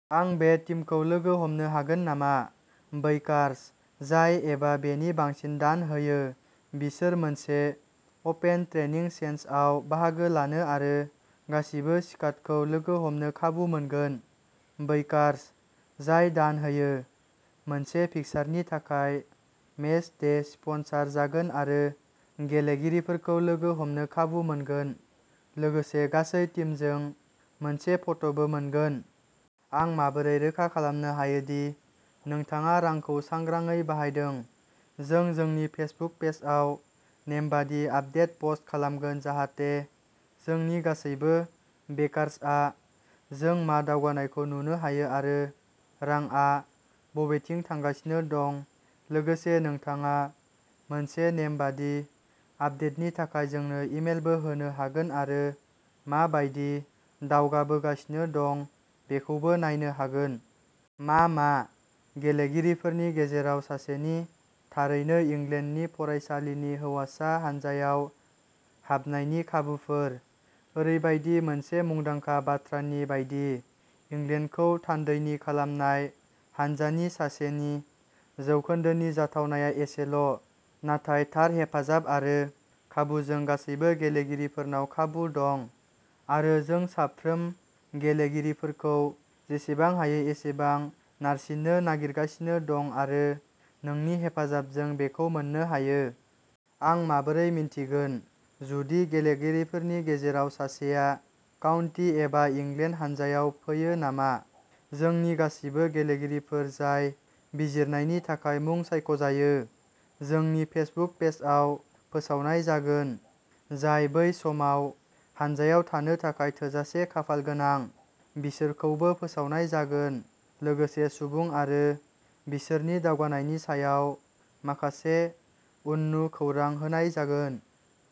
आं बे टीमखौ लोगो हमनो हागोन नामा? -बैकार्स जाय एबा बेनि बांसिन दान होयो, बिसोर मोनसे अपेन ट्रेनिं सेसनआव बाहागो लानो आरो गासिबो स्काडखौ लोगो हमनो खाबु मोनगोन, बैकार्स जाय दान होयो, मोनसे फिक्सारनि थाखाय मेच डे स्पन्सर जागोन आरो गेलेगिरिफोरखौ लोगो हमनो खाबु मोनगोन लोगोसे गासै टीमजों मोनसे फट'बो मोनगोन। आं माबोरै रोखा खालामनो हायो दि नोंथाङा रांखौ सांग्राङै बाहायदों? -जों जोंनि फेसबुक पेजआव नेमबादि आपडेट पस्ट खालामगोन जाहाथे जोंनि गासैबो बेकार्सआ जों मा दावगानायखौ नुनो हायो आरो रांआ बबेथिं थांगासिनो दं, लोगोसे नोंथाङा मोनसे नेमबादि आपडेटनि थाखाय जोंनो इमेलबो होनो हागोन आरो मा बायदि दावगाबोगासिनो दं बेखौबो नायनो हागोन। मा मा? गेलेगिरिफोरनि गेजेराव सासेनि थारैनो इंलेन्डनि फरायसालिनि हौवासा हान्जायाव हाबनायनि खाबुफोर? -ओरैबायदि मोनसे मुंदांखा बाथ्रानि बायदि, इंलेन्डखौ थान्दैथि खालामनाय हानजानि सासेनि जौखोन्दोनि जाथावनाया एसेल ', नाथाय थार हेफाजाब आरो खाबुजों गासैबो गेलेगिरिफोरनाव खाबु दं, आरो जों साफ्रोम गेलेगिरिफोरखौ जेसेबां हायो एसेबां नारसिन्नो नागिरगासिनो दं आरो नोंनि हेफाजाबजों बेखौ मोन्नो हायो। आं माबोरै मिन्थिगोन जुदि गेलेगिरिफोरनि गेजेराव सासेया काउन्टी एबा इंलेन्ड हान्जायाव फैयो नामा? -जोंनि गासिबो गेलेगिरिफोर जाय बिजिरनायनि थाखाय मुं सायख'जायो, जोंनि फेसबुक पेजआव फोसावनाय जागोन, जाय बै समाव हान्जायाव थानो थाखाय थोजासे खाफालगोनां, बिसोरखौबो फोसावनाय जागोन लोगोसे सुबुं आरो बिसोरनि दावगानायनि सायाव माखासे उननु खौरां होनाय जागोन।